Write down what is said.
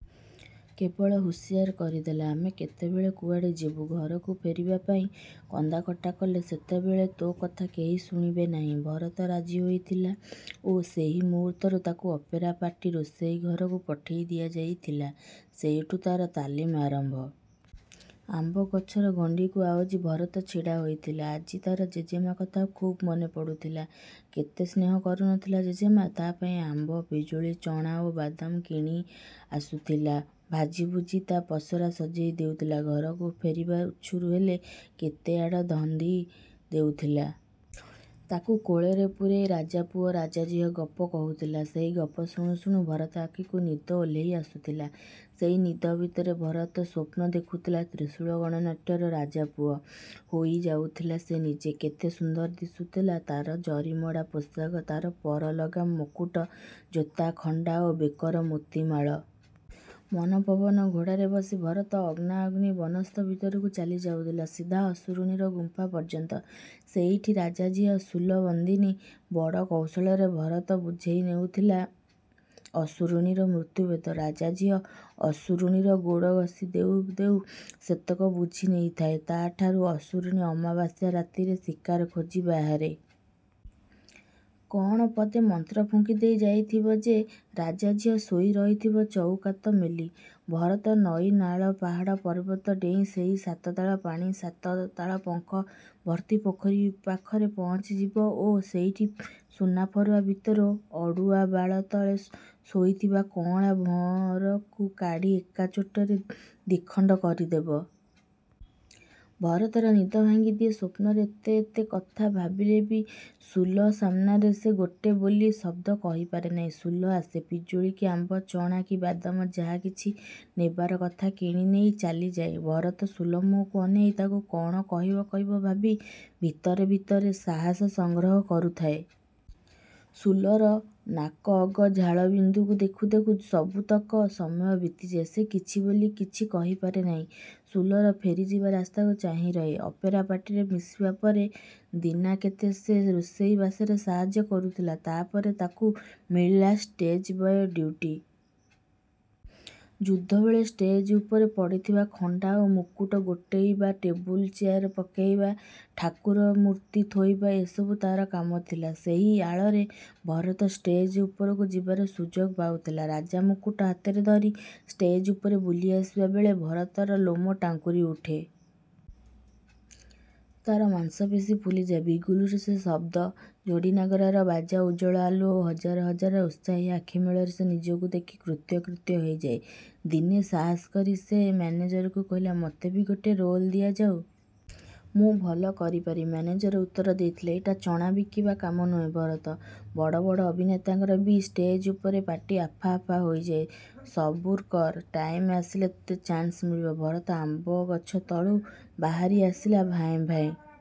କେବଳ ହୁସିଆର କରିଦେଲା, "ଆମେ କେତେବେଳେ କୁଆଡ଼େ ଯିବୁ। ଘରକୁ ଫେରିବା ପାଇଁ କନ୍ଦାକଟା କଲେ ସେତେବେଳେ ତୋ କଥା କେହି ଶୁଣିବେ ନାହିଁ।" ଭରତ ରାଜି ହୋଇଥିଲା ଓ ସେହି ମୁହୂର୍ତ୍ତରୁ ତାକୁ ଅପେରା ପାର୍ଟି ରୋଷେଇ ଘରକୁ ପଠେଇ ଦିଆଯାଇଥିଲା। ସେଇଠୁ ତାର ତାଲିମ ଆରମ୍ଭ। ଆମ୍ବଗଛର ଗଣ୍ଡିକୁ ଆଉଜି ଭରତ ଛିଡ଼ାହୋଇଥିଲା। ଆଜି ତାର ଜେଜେମା କଥା ଖୁବ୍ ମନେ ପଡ଼ୁଥିଲା। କେତେ ସ୍ନେହ କରୁନଥିଲା ଜେଜେମା। ତା ପାଇଁ ଆମ୍ବ, ପିଜୁଳି, ଚଣା ଓ ବାଦାମ କିଣିଆସୁଥିଲା। ଭାଜିଭୁଜି ତା ପସରା ସଜେଇ ଦେଉଥିଲା। ଘରକୁ ଫେରିବା ଉଛୁର ହେଲେ କେତେଆଡ଼ ଧନ୍ଦି ଦେଉଥିଲା। ତାକୁ କୋଳରେ ପୂରେଇ ରାଜାପୁଅ ରାଜାଝିଅ ଗପ କହୁଥିଲା। ସେହି ଗପ ଶୁଣୁଶୁଣୁ ଭରତ ଆଖିକୁ ନିଦ ଓହ୍ଲେଇ ଆସୁଥିଲା। ସେଇ ନିଦ ଭିତରେ ଭରତ ସ୍ୱପ୍ନ ଦେଖୁଥିଲା, 'ତ୍ରିଶୂଳ ଗଣନାଟ୍ୟ'ର ରାଜାପୁଅ ହୋଇଯାଉଥିଲା ସେ ନିଜେ। କେତେ ସୁନ୍ଦର ଦିଶୁଥିଲା ତାର ଜରିମଡ଼ା ପୋଷାକ, ତାର ପରଲଗା ମକୁଟୁ, ଜୋତା, ଖଣ୍ଡା ଓ ବେକର ମୋତିମାଳ। ମନପବନ ଘୋଡ଼ାରେ ବସି ଭରତ ଅଗ୍ନାଅଗ୍ନି ବନସ୍ତ ଭିତରକୁ ଚାଲିଯାଉଥିଲା, ସିଧା ଅସୁରୁଣୀର ଗୁମ୍ଫା ପର୍ଯ୍ୟନ୍ତ। ସେଇଠି ରାଜାଝିଅ ସୁଲ ବନ୍ଦିନୀ। ବଡ଼ କୌଶଳରେ ଭରତ ବୁଝେଇନେଉଥିଲା ଅସୁରୁଣୀର ମୃତ୍ୟୁଭେଦ। ରାଜାଝିଅ ଅସୁରୁଣୀର ଗୋଡ଼ ଘଷି ଦେଉଦେଉ ସେତକ ବୁଝିନେଇଥାଏ ତାଠାରୁ। ଅସୁରୁଣୀ ଅମାବାସ୍ୟା ରାତିରେ ଶିକାର ଖୋଜି ବାହାରେ। କଣ ପଦେ ମନ୍ତ୍ର ଫୁଙ୍କିଦେଇ ଯାଇଥିବ ଯେ ରାଜାଝିଅ ଶୋଇରହିଥିବ ଚଉକାତ ମେଲି। ଭରତ ନଈ, ନାଳ, ପାହାଡ଼, ପର୍ବତ ଡେଇଁ ସେହି ସାତ ତାଳ ପାଣି, ସାତ ତାଳ ପଙ୍କ ଭର୍ତ୍ତି ପୋଖରୀ ପାଖରେ ପହଞ୍ଚିଯିବ ଓ ସେଇଠି ସୁନାଫରୁଆ ଭିତରୁ ଅଡ଼ୁଆବାଳ ତଳେ ଶୋଇଥିବା କଅଁଳାଭଅଁରକୁ କାଢ଼ି ଏକା ଚୋଟରେ ଦିଖଣ୍ଡ କରିଦେବ। ଭରତର ନିଦ ଭାଙ୍ଗିଦିଏ। ସ୍ୱପ୍ନରେ ଏତେ ଏତେ କଥା ଭାବିଲେ ବି ସୁଲ ସାମ୍ନାରେ ସେ ଗୋଟେ ବୋଲି ଶବ୍ଦ କହିପାରେ ନାହିଁ। ସୁଲ ଆସେ, ପିଜୁଳି କି ଆମ୍ବ, ଚଣା କି ବାଦାମ, ଯାହା କିଛି ନେବାର କଥା କିଣିନେଇ ଚାଲିଯାଏ। ଭରତ ସୁଲ ମୁହଁକୁ ଅନେଇ ତାକୁ କଣ କହିବ କହିବ ଭାବି ଭିତରେ ଭିତରେ ସାହସ ସଂଗ୍ରହ କରୁଥାଏ। ସୁଲର ନାକଅଗ ଝାଳବିନ୍ଦୁକୁ ଦେଖୁ ଦେଖୁ ସବୁତକ ସମୟ ବିତିଯାଏ। ସେ କିଛି ବୋଲି କିଛି କହିପାରେ ନାହିଁ। ସୁଲର ଫେରିଯିବା ରାସ୍ତାକୁ ଚାହିଁ ରହେ। ଅପେରା ପାର୍ଟିରେ ମିଶିବା ପରେ ଦିନାକେତେ ସେ ରୋଷେଇବାସରେ ସାହାଯ୍ୟ କରୁଥିଲା। ତାପରେ ତାକୁ ମିଳିଲା ଷ୍ଟେଜ୍‌ବୟ ଡ୍ୟୁଟି। ଯୁଦ୍ଧବେଳେ ଷ୍ଟେଜ୍ ଉପରେ ପଡ଼ିଥିବା ଖଣ୍ଡା ଓ ମୁକୁଟ ଗୋଟେଇବା, ଟେବୁଲ, ଚେୟାର ପକେଇବା, ଠାକୁର ମୂର୍ତ୍ତି ଥୋଇବା ଏସବୁ ତାର କାମ ଥିଲା। ସେହି ଆଳରେ ଭରତ ଷ୍ଟେଜ୍ ଉପରକୁ ଯିବାର ସୁଯୋଗ ପାଉଥିଲା। ରାଜାମୁକୁଟ ହାତରେ ଧରି ଷ୍ଟେଜ୍ ଉପରେ ବୁଲି ଆସିବା ବେଳେ ଭରତର ଲୋମ ଟାଙ୍କୁରି ଉଠେ। ତାର ମାଂସପେଶୀ ଫୁଲିଯାଏ। ବିଗୁଲ୍‌ ସେ ସେ ଶବ୍ଦ, ଯୋଡ଼ିନାଗରାର ବାଜା, ଉଜ୍ଜ୍ୱଳ ଆଲୁଅ ଓ ହଜାର ହଜାର ଉତ୍ସାହୀ ଆଖି ମେଳରେ ସେ ନିଜକୁ ଦେଖି କୃତ୍ୟ କୃତ୍ୟ ହୋଇଯାଏ। ଦିନେ ସାହସ କରି ସେ ମ୍ୟାନେଜରଙ୍କୁ କହିଲା, "ମୋତେ ବି ଗୋଟାଏ ରୋଲ୍ ଦିଆଯାଉ। ମୁଁ ଭଲ କରିପାରିବି।" ମ୍ୟାନେଜର ଉତ୍ତର ଦେଇଥିଲେ, "ଏଇଟା ଚଣା ବିକିବା କାମ ନୁହେଁ ଭରତ। ବଡ଼ ବଡ଼ ଅଭିନେତାଙ୍କର ବି ଷ୍ଟେଜ୍ ଉପରେ ପାଟି ଆଫା ଆଫା ହୋଇଯାଏ। ସବୁର୍ କର। ଟାଇମ୍‌ ଆସିଲେ ତେ ଚାନ୍ସ ମିଳିବ।" ଭରତ ଆମ୍ବଗଛ ତଳୁ ବାହାରି ଆସିଲା। ଭାଏଁ ଭାଏଁ।